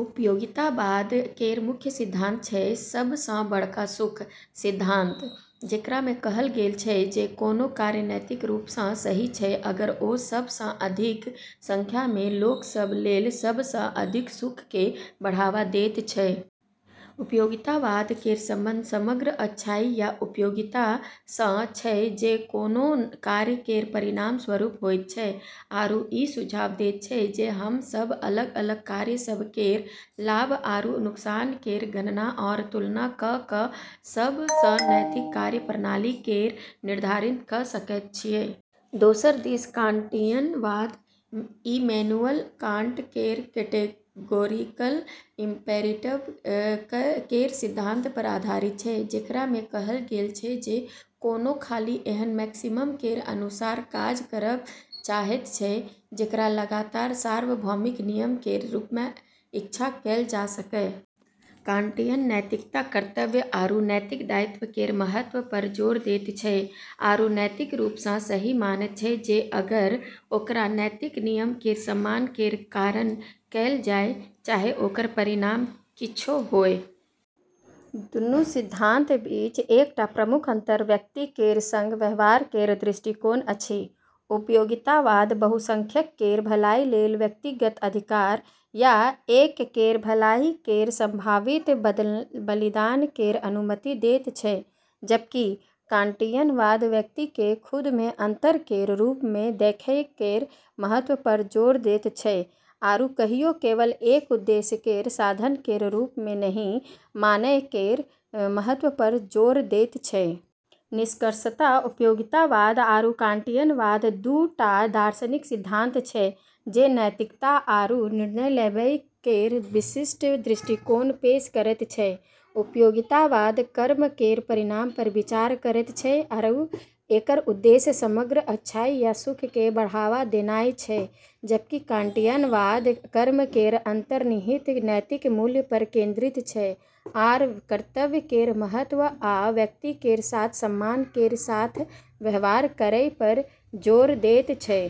उपयोगितावाद केर मुख्य सिद्धांत छै सब सँ बड़का सुख सिद्धांत, जेकरा मे कहल गेल छै जे कोनो कार्य नैतिक रूप सँ सही छै अगर ओ सब सँ अधिक संख्या मे लोक सभ लेल सब सँ अधिक सुख केँ बढ़ावा दैत छै। उपयोगितावाद केर संबंध समग्र अच्छाई या "उपयोगिता" सँ छै जे कोनो कार्य केर परिणामस्वरूप होइत छै, आरू ई सुझाव दैत छै जे हम सभ अलग-अलग कार्य सभ केर लाभ आरू नुकसान केर गणना आओर तुलना कऽ कऽ सब सँ नैतिक कार्य-प्रणाली केर निर्धारण कऽ सकैत छियै। दोसर दिस कांटियनवाद इमैनुएल कांट केर कैटेगोरिकल इम्परेटिव केर सिद्धांत पर आधारित छै, जेकरा मे कहल गेल छै जे कोनो खाली एहन मैक्सिम केर अनुसार काज करब चाहैत छै जेकरा लगातार सार्वभौमिक नियम केर रूप मे इच्छा कएल जा सकए। कांटियन नैतिकता कर्तव्य आरू नैतिक दायित्व केर महत्व पर जोर दैत छै, आरू नैतिक रूप सँ सही मानैत छै जे अगर ओकरा नैतिक नियम केर सम्मान केर कारण कएल जाय, चाहे ओकर परिणाम किछौ होअय। दुनू सिद्धांत सभ बीच एकटा प्रमुख अंतर व्यक्ति केर संग व्यवहार केर दृष्टिकोण अछि। उपयोगितावाद बहुसंख्यक केर भलाई लेल व्यक्तिगत अधिकार या एक केर भलाई केर संभावित बलिदान केर अनुमति दैत छै, जबकि कांटियनवाद व्यक्ति केँ खुद मे अंत केर रूप मे देखै केर महत्व पर जोर दैत छै, आरू कहियो केवल एक उद्देश्य केर साधन केर रूप मे नहि मानै केर महत्व पर जोर दैत छै। निष्कर्षतः उपयोगितावाद आरू कांटियनवाद दू टा दार्शनिक सिद्धांत छै जे नैतिकता आरू निर्णय लेबै केर विशिष्ट दृष्टिकोण पेश करैत छै। उपयोगितावाद कर्म केर परिणाम पर विचार करैत छै आरू एकर उद्देश्य समग्र अच्छाई या सुख केँ बढ़ावा देनाय छै, जबकि कांटियनवाद कर्म केर अंतर्निहित नैतिक मूल्य पर केंद्रित छै आर कर्तव्य केर महत्व आ व्यक्ति केर साथ सम्मान केर साथ व्यवहार करै पर जोर दैत छै।